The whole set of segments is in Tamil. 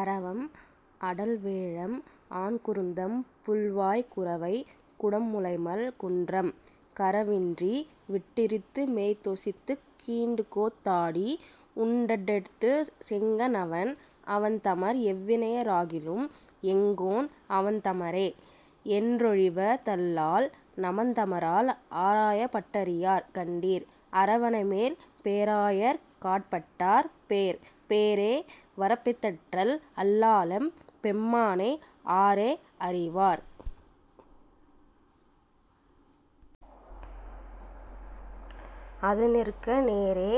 அரவம் அடல்வேழம் ஆன்குருந்தம் புள்வாய் குரவை குடம்முலைமல் குன்றம், கரவின்றி விட்டிறுத்து மேய்த்தொசித்துக் கீண்டுகோத் தாடி, உண் டட்டெடுத்த செங்கண் அவன். அவன் தமர் எவ்வினைய ராகிலும், எங்கோன் அவன்தமரே யென்றொழிவ தல்லால், நமன்தமரால் ஆராயப் பட்டறியார் கண்டீர், அரவணைமேல் பேராயற் காட்பட்டார் பேர். பேரே வரப்பிதற்றல் அல்லாலெம் பெம்மானை, ஆரே அறிவார்? அதுநிற்க, நேரே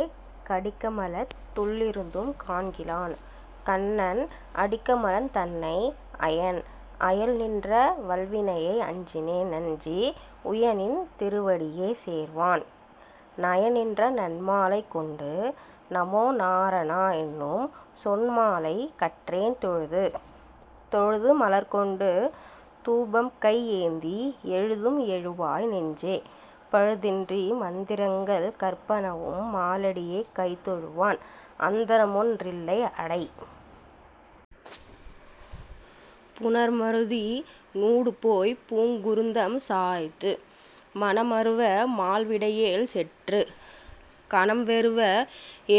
கடிக்கமலத் துள்ளிருந்தும் காண்கிலான், கண்ணன் அடிக்கமலந் தன்னை அயன். அயல்நின்ற வல்வினையை அஞ்சினே னஞ்சி, உயநின் திருவடியே சேர்வான், நயநின்ற நன்மாலை கொண்டு நமோநாரணா என்னும், சொன்மாலை கற்றேன் தொழுது. தொழுது மலர்க்கொண்டு தூபம்கை யேந்தி, எழுதும் எழுவாழி நெஞ்சே, பழுதின்றி மந்திரங்கள் கற்பனவும் மாலடியே கைதொழுவான், அந்தரமொன் றில்லை அடை. புணர்மருதி னூடுபோய்ப் பூங்குருந்தம் சாய்த்து, மணமருவ மால் விடையேழ் செற்று, கணம்வெருவ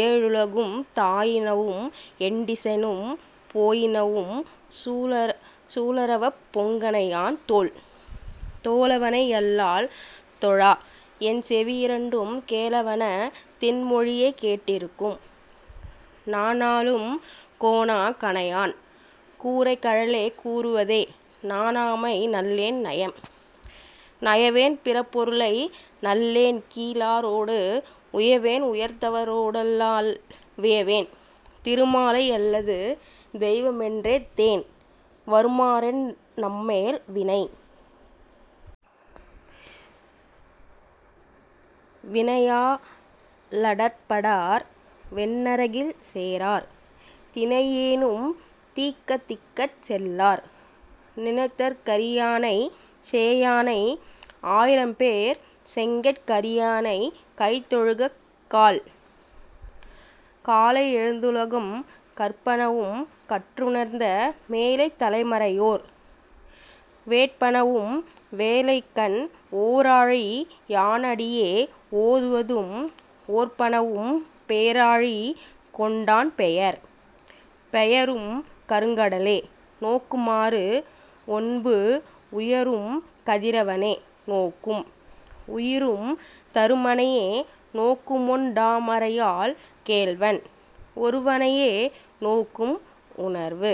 ஏழுலகும் தாயினவும் எண்டிசையும் போயினவும், சூழரவப் பொங்கணையான் தோள். தோளவனை யல்லால் தொழா, என் செவியிரண்டும், கேளவன தின்மொழியே கேட்டிருக்கும், நாநாளும் கோணா கணையான் கூரைகழலே கூறுவதே, நாணாமை நள்ளேன் நயம். நயவேன் பிறர்ப்பொருளை நள்ளேன்கீ ழாரோடு, உயவேன் உயர்ந்தவரோ டல்லால், வியவேன் திருமாலை யல்லது தெய்வமென் றேத்தேன், வருமாறென் நம்மேல் வினை? வினையா லடர்ப்படார் வெந்நரகில் சேரார், தினையேனும் தீக்கதிக்கட் செல்லார், நினைதற் கரியானைச் சேயானை, ஆயிரம்பேர்ச் செங்கட் கரியானைக் கைதொழுதக் கால். காலை யெழுந்துலகம் கற்பனவும், கற்றுணர்ந்த மேலைத் தலைமறையோர் வேட்பனவும், வேலைக்கண் ஓராழி யானடியே ஓதுவதும் ஓர்ப்பனவும், பேராழி கொண்டான் பெயர். பெயரும் கருங்கடலே நோக்குமாறு, ஒண்பூ உயரும் கதிரவனே நோக்கும், -உயிரும் தருமனையே நோக்குமொண் டாமரையாள் கேள்வன், ஒருவனையே நோக்கும் உணர்வு.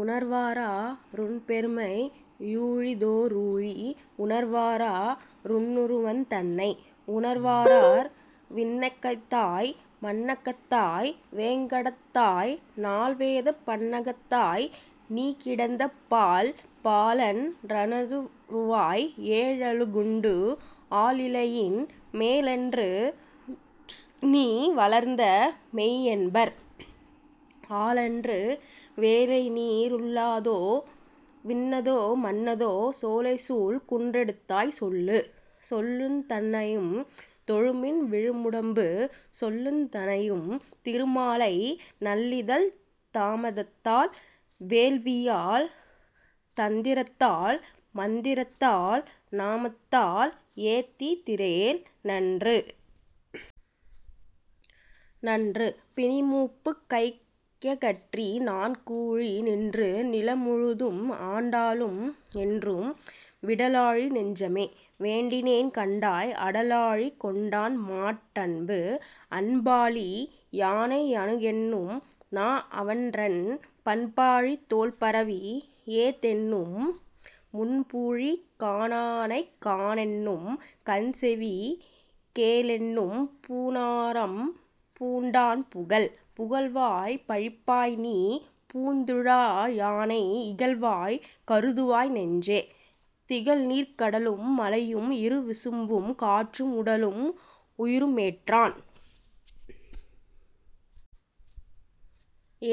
உணர்வாரா ருன்பெருமை? யூழிதோ றூழி, உணர்வாரா ருன்னுருவந் தன்னை?, உணர்வாரார் விண்ணகத்தாய். மண்ணகத்தாய். வேங்கடத்தாய் நால்வேதப் பண்ணகத்தாய். நீகிடந்த பால்? பாலன் றனதுருவாய் ஏழுலகுண்டு, ஆலிலையின் மேலன்று நீவளர்ந்த மெய்யென்பர், ஆலன்று வேலைநீ ருள்ளதோ விண்ணதோ மண்ணதோ? சோலைசூழ் குன்றெடுத்தாய் சொல்லு. சொல்லுந் தனையும் தொழுமின் விழுமுடம்பு, சொல்லுந் தனையும் திருமாலை, நல்லிதழ்த் தாமத்தால் வேள்வியால் தந்திரத்தால் மந்திரத்தால், நாமத்தால் ஏத்திதிரேல் நன்று. நன்று பிணிமூப்புக் கையகற்றி நான்கூழி, நின்று நிலமுழுதும் ஆண்டாலும், என்றும் விடலாழி நெஞ்சமே. வேண்டினேன் கண்டாய், அடலாழி கொண்டான்மாட் டன்பு. அன்பாழி யானை யணுகென்னும், நாஅவன்றன் பண்பாழித் தோள்பரவி யேத்தென்னும், முன்பூழி காணானைக் காணென்னும் கண்செவி கேளென்னும் பூணாரம் பூண்டான் புகழ். புகழ்வாய் பழிப்பாய்நீ பூந்துழா யானை, இகழ்வாய் கருதுவாய் நெஞ்சே, திகழ்நீர்க் கடலும் மலையும் இருவிசும்பும் காற்றும், உடலும் உயிருமேற்றான்.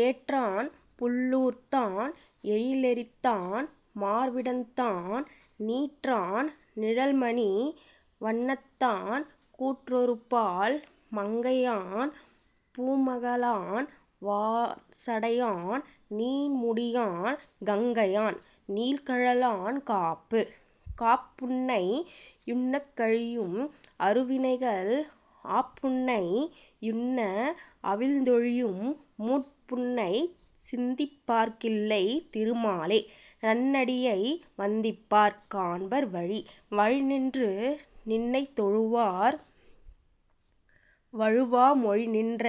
ஏற்றான் புள்ளூர்த்தான் எயிலெரித்தான் மார்விடந்தான் நீற்றான் நிழல்மணி வண்ணத்தான், கூற்றொருபால் மங்கையான் பூமகளான் வார்சடையான், நீண்முடியான் கங்கையான் நீள்கழலான் காப்பு. காப்புன்னை யுன்னக் கழியும் அருவினைகள், ஆப்புன்னை யுன்ன அவிழ்ந்தொழியும் மூப்புன்னைச் சிந்திப்பார்க் கில்லை திருமாலே, நன்னடியை வந்திப்பார் காண்பர் வழி. வழிநின்று நின்னைத் தொழுவார், வழுவா மொழிநின்ற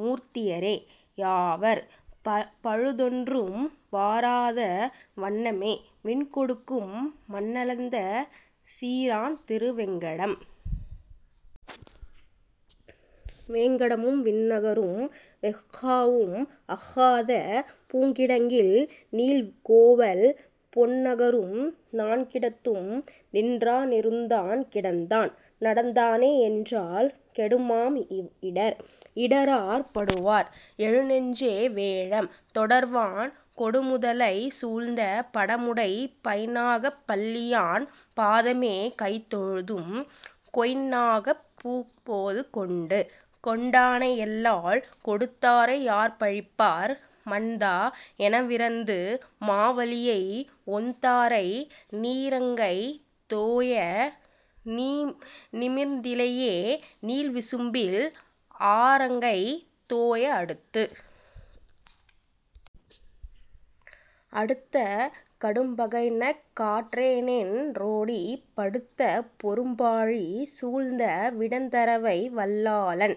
மூர்த்தியரே யாவர், பழுதொன்றும் வாராத வண்ணமே விண்கொடுக்கும், மண்ணளந்த சீரான் திருவேங்கடம். வேங்கடமும் விண்ணகரும் வெஃகாவும், அஃகாத பூங்கிடங்கில் நீள்கோவல் பொன்னகரும், நான்கிடத்தும் நின்றா னிருந்தான் கிடந்தான் நடந்தானே, என்றால் கெடுமாம் இடர். இடரார் படுவார்? எழுநெஞ்சே, வேழம் தொடர்வான் கொடுமுதலை சூழ்ந்த, படமுடை பைந்நாகப் பள்ளியான் பாதமே கைதொழுதும், கொய்ந்நாகப் பூம்போது கொண்டு. கொண்டானை யல்லால் கொடுத்தாரை யார்பழிப்பார், மண்தா எனவிரந்து மாவலியை, ஒண்தாரை நீரங்கை தோய நிமிர்ந்திலையே, நீள்விசும்பில் ஆரங்கை தோய அடுத்து? அடுத்த கடும்பகைஞர்க் காற்றேனென் றோடி, படுத்த பொரும்பாழி சூழ்ந்த விடத்தரவை, வல்லாளன்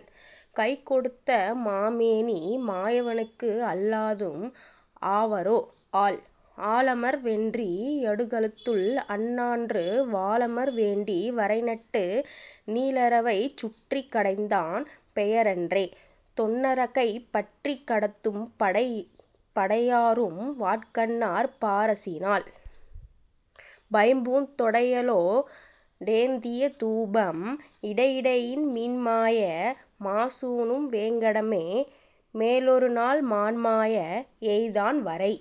கைக்கொடுத்த மாமேனி மாயவனுக்கு, அல்லாதும் ஆவரோ ஆள்? ஆளமர் வென்றி யடுகளத்துள் அஞ்ஞான்று, வாளமர் வேண்டி வரைநட்டு, நீளரவைச் சுற்றிக் கடைந்தான் பெயரன்றே, தொன்னரகைப் பற்றிக் கடத்தும் படை? படையாரும் வாட்கண்ணார் பாரசிநாள், பைம்பூந் தொடையலோ டேந்திய தூபம், இடையிடையின் மீன்மாய மாசூணும் வேங்கடமே, மேலொருநாள் மான்மாய எய்தான் வரை.